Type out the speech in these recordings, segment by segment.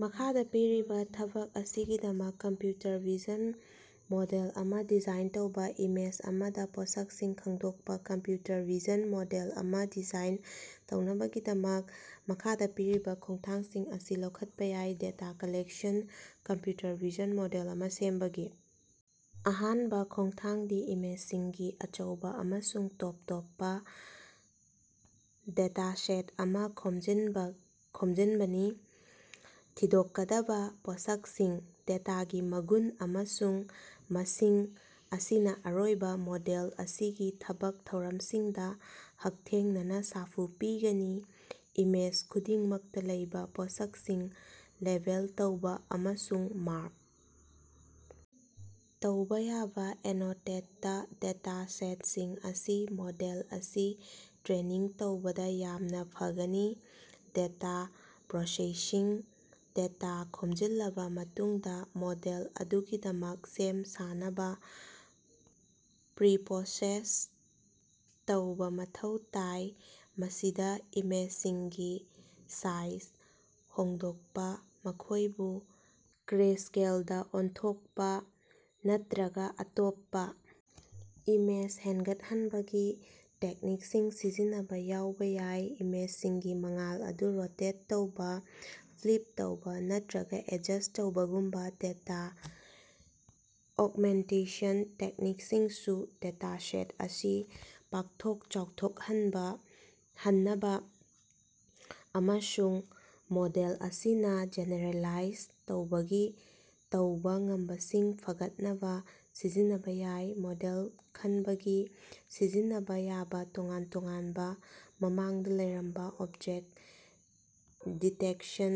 ꯃꯈꯥꯗ ꯄꯤꯔꯤꯕ ꯊꯕꯛ ꯑꯁꯤꯒꯤꯗꯃꯛ ꯀꯝꯄ꯭ꯌꯨꯇꯔ ꯚꯤꯖꯟ ꯃꯣꯗꯦꯜ ꯑꯃ ꯗꯤꯖꯥꯏꯟ ꯇꯧꯕꯥ꯫ ꯏꯃꯦꯖ ꯑꯃꯗ ꯄꯣꯠꯁꯛꯁꯤꯡ ꯈꯪꯗꯣꯛꯅꯕ ꯀꯝꯄ꯭ꯌꯨꯇꯔ ꯚꯤꯖꯟ ꯃꯣꯗꯦꯜ ꯑꯃ ꯗꯤꯖꯥꯏꯟ ꯇꯧꯅꯕꯒꯤꯗꯃꯛ, ꯃꯈꯥꯗ ꯄꯤꯔꯤꯕ ꯈꯣꯡꯊꯥꯡꯁꯤꯡ ꯑꯁꯤ ꯂꯧꯈꯠꯄ ꯌꯥꯏ: data collection: computer vision model ꯑꯃ ꯁꯦꯝꯕꯒꯤ ꯑꯍꯥꯟꯕ ꯈꯣꯡꯊꯥꯡꯗꯤ ꯏꯃꯦꯖꯁꯤꯡꯒꯤ ꯑꯆꯧꯕ ꯑꯃꯁꯨꯡ ꯇꯣꯞ ꯇꯣꯞꯄ ꯗꯦꯇꯥꯁꯦꯠ ꯑꯃ ꯈꯣꯝꯖꯤꯟꯕ ꯈꯣꯝꯖꯤꯟꯕꯅꯤ꯫ ꯊꯤꯗꯣꯛꯀꯗꯕ ꯄꯣꯠꯁꯛꯁꯤꯡ :ꯗꯦꯇꯥꯒꯤ ꯃꯒꯨꯟ ꯑꯃꯁꯨꯡ ꯃꯁꯤꯡ ꯑꯁꯤꯅ ꯑꯔꯣꯏꯕ ꯃꯣꯗꯦꯜ ꯑꯁꯤꯒꯤ ꯊꯕꯛ ꯊꯧꯔꯝꯁꯤꯡꯗꯥ ꯍꯛꯊꯦꯡꯅꯅ ꯁꯥꯐꯨ ꯄꯤꯒꯅꯤ꯫ ꯏꯃꯦꯖ ꯈꯨꯗꯤꯡꯃꯛꯇꯥ ꯂꯩꯕꯥ ꯄꯣꯠꯁꯛꯁꯤꯡ ꯂꯦꯕꯦꯜ ꯇꯧꯕ ꯑꯃꯁꯨꯡ ꯃꯥꯔꯛ ꯇꯧꯕꯥ ꯌꯥꯕ ꯑꯦꯅꯣꯇꯦꯠꯇ ꯗꯦꯇꯥꯁꯦꯠꯁꯤꯡ ꯑꯁꯤ ꯃꯣꯗꯦꯜ ꯑꯁꯤ ꯇ꯭ꯔꯦꯅꯤꯡ ꯇꯧꯕꯗ ꯌꯥꯝꯅꯥ ꯐꯒꯅꯤ꯫ ꯗꯦꯇꯥ ꯄ꯭ꯔꯤꯄꯔꯣꯁꯦꯁꯤꯡ: ꯗꯦꯇꯥ ꯈꯣꯝꯖꯤꯜꯂꯕꯥ ꯃꯇꯨꯡꯗꯥ ꯃꯣꯗꯦꯜ ꯑꯗꯨꯒꯤꯗꯃꯛ ꯁꯦꯝ ꯁꯥꯅꯕ ꯄ꯭ꯔꯤꯄꯔꯣꯁꯦꯁ ꯇꯧꯕꯥ ꯃꯊꯧ ꯇꯥꯏ꯫ ꯃꯁꯤꯗꯥ ꯏꯃꯦꯖꯁꯤꯡꯒꯤ ꯁꯥꯏꯖ ꯍꯣꯡꯗꯣꯛꯄ, ꯃꯈꯣꯏꯕꯨ ꯒ꯭ꯔꯦꯁ꯭ꯀꯦꯜꯗ ꯑꯣꯟꯊꯣꯛꯄꯥ ꯅꯠꯇ꯭ꯔꯒ ꯑꯇꯣꯞꯄ ꯏꯃꯦꯖ ꯍꯦꯟꯒꯠꯍꯟꯕꯒꯤ ꯇꯦꯛꯅꯤꯛꯁꯤꯡ ꯁꯤꯖꯤꯟꯅꯕ ꯌꯥꯎꯕ ꯌꯥꯏ꯫ ꯏꯃꯦꯖꯁꯤꯡꯒꯤ ꯃꯉꯥꯜ ꯑꯗꯨ ꯔꯣꯇꯦꯠ ꯇꯧꯕꯥ, ꯐ꯭ꯂꯤꯞ ꯇꯧꯕꯥ ꯅꯠꯇ꯭ꯔꯒꯥ ꯑꯦꯗꯖꯁꯠ ꯇꯧꯕꯒꯨꯝꯕꯥ ꯗꯦꯇꯥ ꯑꯣꯒꯃꯦꯟꯇꯦꯁꯟ ꯇꯦꯛꯅꯤꯛꯁꯤꯡꯁꯨ ꯗꯦꯇꯥꯁꯦꯠ ꯑꯁꯤ ꯄꯥꯛꯊꯣꯛ ꯆꯥꯎꯊꯣꯛꯍꯟꯕꯥ ꯍꯟꯅꯕꯥ ꯑꯃꯁꯨꯡ ꯃꯣꯗꯦꯜ ꯑꯁꯤꯅꯥ ꯖꯦꯅꯦꯔꯦꯂꯥꯏꯖ ꯇꯧꯕꯒꯤ ꯇꯧꯕ ꯉꯝꯕꯁꯤꯡ ꯐꯒꯠꯍꯟꯅꯕ ꯁꯤꯖꯤꯟꯅꯕ ꯌꯥꯏ꯫ ꯃꯣꯗꯦꯜ ꯈꯟꯕꯒꯤ: ꯁꯤꯖꯤꯟꯅꯕ ꯌꯥꯕ ꯇꯣꯉꯥꯟ ꯇꯣꯉꯥꯟꯕ ꯃꯃꯥꯡꯗ ꯂꯩꯔꯝꯕ ꯑꯣꯕꯖꯦꯛꯇ ꯗꯤꯇꯦꯛꯇꯦꯁꯟ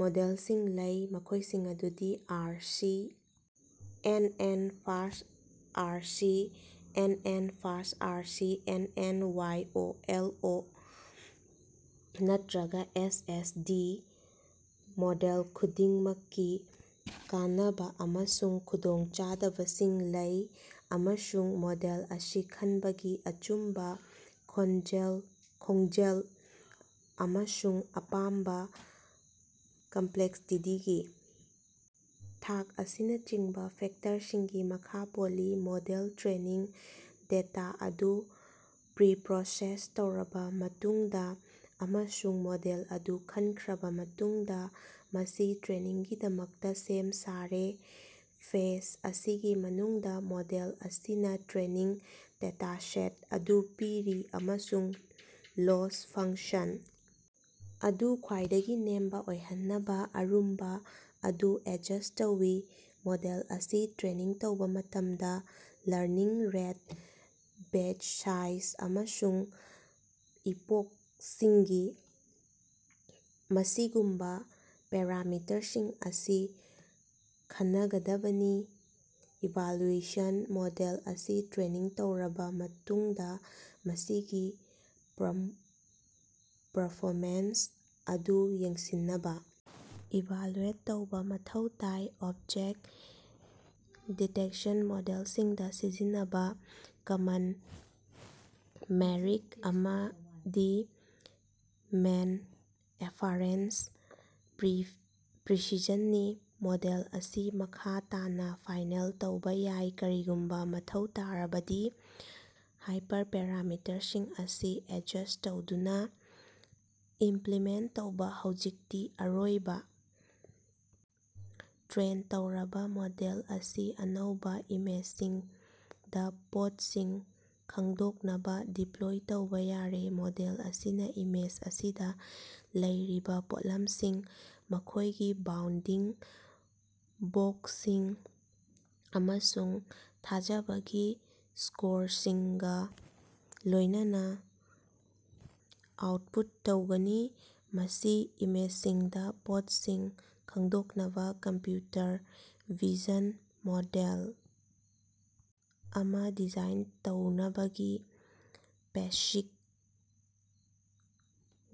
ꯃꯣꯗꯦꯜꯁꯤꯡ ꯂꯩ, ꯃꯈꯣꯏꯁꯤꯡ ꯑꯗꯨꯗꯤ R C. N. N., fast R C. N. N., faster R C. N. N., Y. O. L. ꯑꯣ. ꯅꯠꯇ꯭ꯔꯒꯥ ꯑꯦꯁ. ꯑꯦꯁ. ꯗꯤ. ꯃꯣꯗꯦꯜ ꯈꯨꯗꯤꯡꯃꯛꯀꯤ ꯀꯥꯟꯅꯕꯥ ꯑꯃꯁꯨꯡ ꯈꯨꯗꯣꯡꯆꯥꯗꯕꯁꯤꯡ ꯂꯩ, ꯑꯃꯁꯨꯡ ꯃꯣꯗꯦꯜ ꯑꯁꯤ ꯈꯟꯕꯁꯤ ꯑꯆꯨꯝꯕꯥ, ꯈꯣꯟꯖꯦꯜ ꯈꯣꯡꯖꯦꯜ ꯑꯃꯁꯨꯡ ꯑꯄꯥꯝꯕꯥ ꯀꯝꯄꯂꯦꯛꯁꯇꯤꯇꯤꯒꯤ ꯊꯥꯛ ꯑꯁꯤꯅꯆꯤꯡꯕꯥ ꯐꯦꯛꯇꯔꯁꯤꯡꯒꯤ ꯃꯈꯥ ꯄꯣꯜꯂꯤ꯫ ꯃꯣꯗꯦꯜ ꯇ꯭ꯔꯦꯅꯤꯡ: ꯗꯦꯇꯥ ꯑꯗꯨ ꯄ꯭ꯔꯤꯄꯔꯣꯁꯦꯁ ꯇꯧꯔꯕꯥ ꯃꯇꯨꯡꯗꯥ ꯑꯃꯁꯨꯡ ꯃꯣꯗꯦꯜ ꯑꯗꯨ ꯈꯟꯈ꯭ꯔꯕꯥ ꯃꯇꯨꯡꯗꯥ, ꯃꯁꯤ ꯇ꯭ꯔꯦꯅꯤꯡꯒꯤꯗꯃꯛꯇꯥ ꯁꯦꯝ ꯁꯥꯔꯦ꯫ ꯐꯦꯖ ꯑꯁꯤꯒꯤ ꯃꯅꯨꯡꯗꯥ ꯃꯣꯗꯦꯜ ꯑꯁꯤꯅꯥ ꯇ꯭ꯔꯦꯅꯤꯡ ꯗꯦꯇꯥꯁꯦꯠ ꯑꯗꯨ ꯄꯤꯔꯤ ꯑꯃꯁꯨꯡ ꯂꯣꯁ ꯐꯪꯛꯁꯟ ꯑꯗꯨ ꯈ꯭ꯋꯥꯏꯗꯒꯤ ꯅꯦꯝꯕꯥ ꯑꯣꯏꯍꯟꯅꯕ ꯑꯔꯨꯝꯕꯥ ꯑꯗꯨ ꯑꯦꯗꯖꯁ ꯇꯧꯏ꯫ ꯃꯣꯗꯦꯜ ꯑꯁꯤ ꯇ꯭ꯔꯦꯅꯤꯡ ꯇꯧꯕꯥ ꯃꯇꯝꯗ ꯂꯔꯅꯤꯡ ꯔꯦꯠ, ꯕꯦꯆ ꯁꯥꯏꯖ ꯑꯃꯁꯨꯡ ꯏꯄꯣꯛꯁꯤꯡꯒꯤ ꯃꯁꯤꯡꯒꯨꯝꯕꯥ ꯄꯦꯔꯥꯃꯤꯇꯔꯁꯤꯡ ꯑꯁꯤ ꯈꯟꯅꯒꯗꯕꯅꯤ꯫ ꯏꯚꯥꯂꯨꯑꯦꯁꯟ: ꯃꯣꯗꯦꯜ ꯑꯁꯤ ꯇ꯭ꯔꯦꯅꯤꯡ ꯇꯧꯔꯕꯥ ꯃꯇꯨꯡꯗꯥ ꯃꯁꯤꯒꯤ ꯄ꯭ꯔꯝ ꯄꯔꯐꯣꯃꯦꯟꯁ ꯑꯗꯨ ꯌꯦꯡꯁꯤꯟꯅꯕꯥ ꯏꯚꯥꯂꯨꯑꯦꯠ ꯇꯧꯕꯥ ꯃꯊꯧ ꯇꯥꯏ꯫ ꯑꯣꯕꯖꯦꯛ ꯗꯤꯇꯦꯛꯇꯦꯁꯟ ꯃꯣꯗꯦꯜꯁꯤꯡꯗꯥ ꯁꯤꯖꯤꯟꯅꯕꯥ ꯀꯃꯟ ꯃꯦꯠꯔꯤꯛ ꯑꯃꯗꯤ ꯃꯦꯟ ꯑꯦꯐꯥꯔꯦꯖ ꯄ꯭ꯔꯤꯁꯤꯁꯟ ꯅꯤ꯫ ꯃꯣꯗꯦꯜ ꯑꯁꯤ ꯃꯈꯥ ꯇꯥꯅꯥ ꯐꯥꯏꯅꯦꯜ ꯇꯧꯕꯥ ꯌꯥꯏ, ꯀꯔꯤꯒꯨꯝꯕꯥ ꯃꯊꯧ ꯇꯥꯔꯕꯗꯤ, ꯍꯥꯏꯄꯔꯄꯦꯔꯥꯃꯤꯇꯔꯁꯤꯡ ꯑꯁꯤ ꯑꯦꯗꯖꯁꯠ ꯇꯧꯗꯨꯅꯥ꯫ ꯏꯃꯝꯄꯂꯤꯃꯦꯟ ꯇꯧꯕꯥ: ꯍꯧꯖꯤꯛꯇꯤ ꯑꯔꯣꯏꯕꯥ ꯇ꯭ꯔꯦꯟ ꯇꯧꯔꯕꯥ ꯃꯣꯗꯦꯜ ꯑꯁꯤ ꯑꯅꯧꯕꯥ ꯏꯃꯦꯖꯁꯤꯡꯗꯥ ꯄꯣꯠꯁꯤꯡ ꯈꯪꯗꯣꯛꯅꯕ ꯗꯤꯄꯂꯣꯏ ꯇꯧꯕꯥ ꯌꯥꯔꯦ꯫ ꯃꯣꯗꯦꯜ ꯑꯁꯤꯅꯥ ꯏꯃꯦꯖ ꯑꯁꯤꯗꯥ ꯂꯩꯔꯤꯕꯥ ꯄꯣꯠꯂꯝꯁꯤꯡ, ꯃꯈꯣꯏꯒꯤ ꯕꯥꯎꯟꯗꯤꯡ ꯕꯣꯛꯁꯁꯤꯡ ꯑꯃꯁꯨꯡ ꯊꯥꯖꯕꯒꯤ ꯁ꯭ꯀꯣꯔꯁꯤꯡꯒꯥ ꯂꯣꯏꯅꯅꯥ ꯑꯥꯎꯠꯄꯨꯠ ꯇꯧꯒꯅꯤ꯫ ꯃꯁꯤ ꯏꯃꯦꯖꯁꯤꯡꯗꯥ ꯄꯣꯠꯁꯤꯡ ꯈꯪꯗꯣꯛꯅꯕꯥ ꯀꯝꯄ꯭ꯌꯨꯇꯔ ꯚꯤꯖꯟ ꯃꯣꯗꯦꯜ ꯑꯃꯥ ꯗꯤꯖꯥꯏꯟ ꯇꯧꯅꯕꯒꯤ ꯕꯦꯁꯤꯛ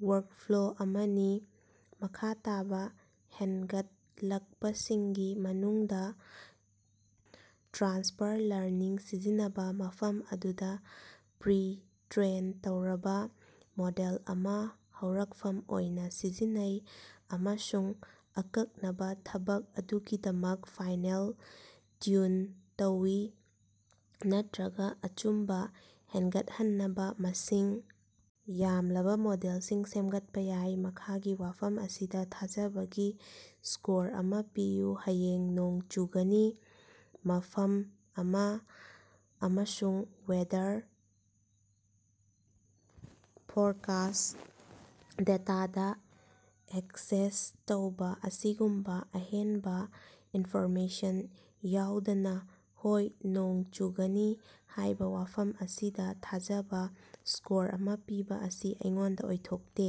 ꯋꯥꯔꯛꯐ꯭ꯂꯣ ꯑꯃꯅꯤ꯫ ꯃꯈꯥ ꯇꯥꯕꯥ ꯍꯦꯟꯒꯠꯂꯛꯄꯁꯤꯡꯒꯤ ꯃꯅꯨꯡꯗꯥ ꯇ꯭ꯔꯥꯟꯁꯐꯔ ꯂꯔꯅꯤꯡ ꯁꯤꯖꯤꯟꯅꯕꯥ, ꯃꯐꯝ ꯑꯗꯨꯗꯥ ꯄ꯭ꯔꯤ-ꯇ꯭ꯔꯦꯟ ꯇꯧꯔꯕꯥ ꯃꯣꯗꯦꯜ ꯑꯃꯥ ꯍꯧꯔꯛꯐꯝ ꯑꯣꯏꯅꯥ ꯁꯤꯖꯤꯟꯅꯩ ꯑꯃꯁꯨꯡ ꯑꯀꯛꯅꯕꯥ ꯊꯕꯛ ꯑꯗꯨꯒꯤꯗꯃꯛ ꯐꯥꯏꯅꯦꯜ ꯇ꯭ꯌꯨꯟ ꯇꯧꯏ, ꯅꯠꯇ꯭ꯔꯒꯥ ꯑꯆꯨꯝꯕꯥ ꯍꯦꯟꯒꯠꯍꯟꯅꯕꯥ ꯃꯁꯤꯡ ꯌꯥꯝꯂꯕꯥ ꯃꯣꯗꯦꯜꯁꯤꯡ ꯁꯦꯝꯒꯠꯄꯥ ꯌꯥꯏ꯫ ꯃꯈꯥꯒꯤ ꯋꯥꯐꯝ ꯑꯁꯤꯗꯥ ꯊꯥꯖꯕꯒꯤ ꯁ꯭ꯀꯣꯔ ꯑꯃꯥ ꯄꯤꯌꯨ: ꯍꯌꯦꯡ ꯅꯣꯡ ꯆꯨꯒꯅꯤ"꯫ ꯃꯐꯝ ꯑꯃꯥ, ꯑꯃꯁꯨꯡ ꯋꯦꯗꯔ ꯐꯣꯔꯀꯥꯁꯠ ꯗꯦꯇꯥꯗꯥ ꯑꯦꯛꯁꯦꯁ ꯇꯧꯕꯥ ꯑꯁꯤꯒꯨꯝꯕꯥ ꯑꯍꯦꯟꯕꯥ ꯏꯟꯐꯣꯔꯃꯦꯁꯟ ꯌꯥꯎꯗꯅꯥ "ꯍꯣꯏ ꯅꯣꯡ ꯆꯨꯒꯅꯤ" ꯍꯥꯏꯕ ꯋꯥꯐꯝ ꯑꯁꯤꯗ ꯊꯥꯖꯕ ꯁ꯭ꯀꯣꯔ ꯑꯃ ꯄꯤꯕꯥ ꯑꯁꯤ ꯑꯩꯉꯣꯟꯗ ꯑꯣꯏꯊꯣꯛꯇꯦ꯫